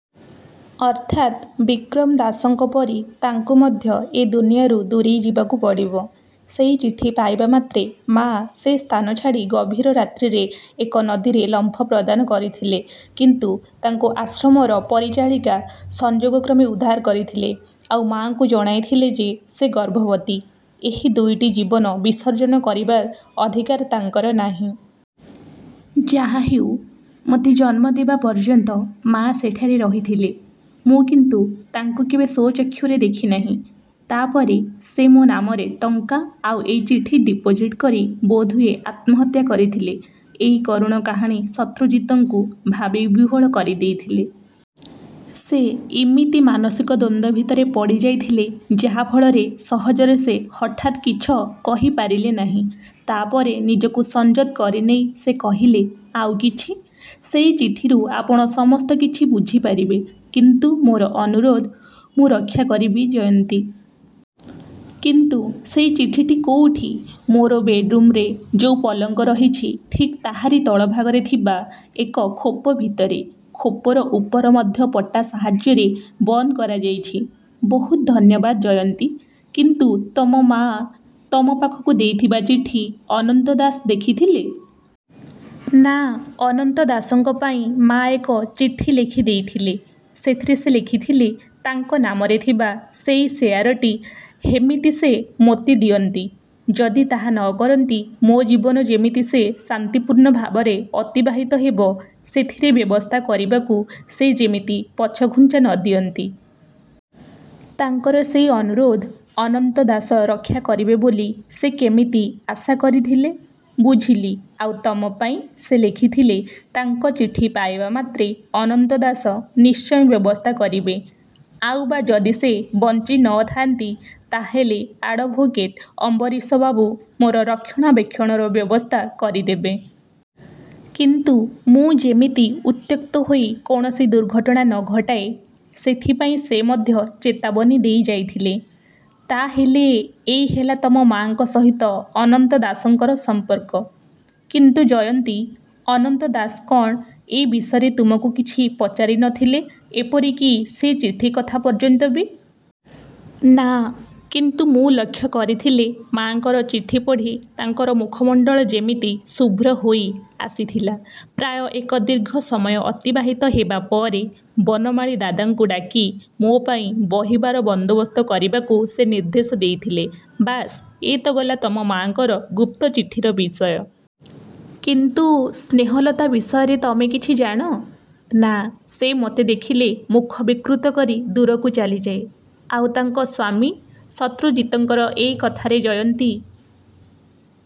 ଅର୍ଥାତ୍ ବିକ୍ରମ ଦାସଙ୍କ ପରି ତାଙ୍କୁ ମଧ୍ୟ ଏ ଦୁନିଆରୁ ଦୂରେଇଯିବାକୁ ପଡ଼ିବ। ସେଇ ଚିଠି ପାଇବା ମାତ୍ରେ ମାଆ ସେ ସ୍ଥାନ ଛାଡ଼ି ଗଭୀର ରାତ୍ରିରେ ଏକ ନଦୀରେ ଲମ୍ଫ ପ୍ରଦାନ କରିଥିଲେ। କିନ୍ତୁ ତାଙ୍କୁ ଆଶ୍ରମର ପରିଚାଳିକା ସଂଯୋଗକ୍ରମେ ଉଦ୍ଧାର କରିଥିଲେ, ଆଉ ମାଆଙ୍କୁ ଜଣାଇଥିଲେ ଯେ ସେ ଗର୍ଭବତୀ; ଏଭଳି ଦୁଇଟି ଜୀବନ ବିସର୍ଜନ କରିବାର ଅଧିକାର ତାଙ୍କର ନାହିଁ। 'ଯାହାହେଉ, ମୋତେ ଜନ୍ମ ଦେବା ପର୍ଯ୍ୟନ୍ତ ମାଆ ସେଠାରେ ରହିଥିଲେ। ମୁଁ କିନ୍ତୁ ତାଙ୍କୁ କେବେ ସ୍ୱଚକ୍ଷୁରେ ଦେଖିନାହିଁ। ତା ପରେ ସେ ମୋ ନାମରେ ଟଙ୍କା ଆଉ ଏଇ ଚିଠି ଡିପୋଜିଟ କରି ବୋଧହୁଏ ଆତ୍ମହତ୍ୟା କରିଥିଲେ। ' ଏଇ କରୁଣ କାହାଣୀ ଶତ୍ରୁଜିତଙ୍କୁ ଭାବିବିହ୍ୱଳ କରିଦେଇଥିଲେ। ସେ ଇମିତି ମାନସିକ ଦ୍ୱନ୍ଦ୍ୱ ଭିତରେ ପଡ଼ିଯାଇଥିଲେ, ଯାହା ଫଳରେ ସହଜରେ ସେ ହଠାତ୍ କିଛ କହି ପାରିଲେ ନାହିଁ। ତା'ପରେ ନିଜକୁ ସଂଯତ କରିନେଇ ସେ କହିଲେ, 'ଆଉ କିଛି? ' 'ସେଇ ଚିଠିରୁ ଆପଣ ସସସ୍ତ କିଛି ବୁଝିପାରିବେ। କିନ୍ତୁ ମୋର ଅନୁରୋଧ' 'ମୁଁ ରକ୍ଷା କରିବି, ଜୟନ୍ତୀ! କିନ୍ତୁ ସେଇ ଚିଠିଟି କୋଉଠି? ' 'ମୋର ବେଡ଼୍ରୁମରେ ଯୋଉ ପଲଙ୍କ ରହିଛି ଠିକ୍ ତାହାରି ତଳଭାଗରେ ଥିବା ଏକ ଖୋପ ଭିତରେ। ଖୋପର ଉପର ମଧ୍ୟ ପଟା ସାହାଯ୍ୟରେ ବନ୍ଦ କରାଯାଇଛି। ' 'ବହୁତ ଧନ୍ୟବାଦ, ଜୟନ୍ତୀ! କିନ୍ତୁ ତମ ମାଆ ତମ ପାଖକୁ ଦେଇଥିବା ଚିଠି ଅନନ୍ତ ଦାସ ଦେଖିଥିଲେ? ' 'ନା ଅନନ୍ତ ଦାସଙ୍କ ପାଇଁ ମାଆ ଏକ ଚିଠି ଲେଖିଦେଇଥିଲେ। ସେଥିରେ ସେ ଲେଖିଥିଲେ, ତାଙ୍କ ନାମରେ ଥିବା ସେଇ ସେୟାରଟି ହେମିତି ସେ ମୋତେ ଦିଅନ୍ତି। ଯଦି ତାହା ନ କରନ୍ତି ମୋ ଜୀବନ ଯେମିତି ସେ ଶାନ୍ତିପୂର୍ଣ୍ଣ ଭାବରେ ଅତିବାହିତ ହେବ ସେଥିରେ ବ୍ୟବସ୍ଥା କରିବାକୁ ସେ ଯେମିତି ପଛଘୁଞ୍ଚା ନ ଦିଅନ୍ତି। ' 'ତାଙ୍କର ସେଇ ଅନୁରୋଧ ଅନନ୍ତ ଦାସ ରକ୍ଷା କରିବେ ବୋଲି ସେ କେମିତି ଆଶା କରିଥିଲେ? ' 'ବୁଝିଲି। ଆଉ ତମ ପାଇଁ' 'ସେ ଲେଖିଥିଲେ, ତାଙ୍କ ଚିଠି ପାଇବା ମାତ୍ରେ ଅନନ୍ତ ଦାସ ନିଶ୍ଚୟ ବ୍ୟବସ୍ଥା କରିବେ, ଆଉ ବା ଯଦି ସେ ବଞ୍ଚି ନ ଥାଆନ୍ତି ତା ହେଲେ ଆଡ଼ଭୋକେଟ ଅମ୍ବରୀଶବାବୁ ମୋର ରକ୍ଷଣାବେକ୍ଷଣର ବ୍ୟବସ୍ଥା କରିଦେବେ। କିନ୍ତୁ ମୁଁ ଯେମିତି ଉତ୍ତ୍ୟକ୍ତ ହୋଇ କୌଣସି ଦୁର୍ଘଟଣା ନ ଘଟାଏ, ସେଥିପାଇଁ ସେ ମଧ୍ୟ ଚେତାବନୀ ଦେଇଯାଇଥିଲେ। ' 'ତା ହେଲେ ଏଇ ହେଲା ତମ ମାଆଙ୍କ ସହିତ ଅନନ୍ତ ଦାସଙ୍କର ସଂପର୍କ? କିନ୍ତୁ ଜୟନ୍ତୀ, ଅନନ୍ତ ଦାସ କଣ ଏ ବିଷୟରେ ତମକୁ କିଛି ପଚାରି ନ ଥିଲେଏପରିକି ସେ ଚିଠି କଥା ପର୍ଯ୍ୟନ୍ତ ବି? ' 'ନା। କିନ୍ତୁ ମୁଁ ଲକ୍ଷ୍ୟ କରିଥିଲେ, ମାଆଙ୍କର ଚିଠି ପଢ଼ି ତାଙ୍କର ମୁଖମଣ୍ଡଳ ଯେମିତି ଶୁଭ୍ର ହେଇଆସିଥିଲା। ପ୍ରାୟ ଏକ ଦୀର୍ଘ ସମୟ ଅତିବାହିତ ହେବା ପରେ ବନମାଳୀ ଦାଦାଙ୍କୁ ଡାକି ମୋ ପାଇଁ ବହିବାର ବନ୍ଦୋବସ୍ତ କରିବାକୁ ସେ ନିର୍ଦ୍ଦେଶ ଦେଇଥିଲେ। ' 'ବାସ୍, ଏ ତ ଗଲା ତମ ମାଆଙ୍କର ଗୁପ୍ତ ଚିଠିର ବିଷୟ। କିନ୍ତୁ ସ୍ନେହଲତା ବିଷୟରେ ତମେ କିଛି ଜାଣ? ' ''ନା, ସେ ମୋତେ ଦେଖିଲେ ମୁଖ ବିକୃତ କରି ଦୂରକୁ ଚାଲିଯାଏ। ' 'ଆଉ ତାଙ୍କ ସ୍ୱାମୀ? ' ଶତ୍ରୁଜିତଙ୍କର ଏଇ କଥାରେ ଜୟନ୍ତୀ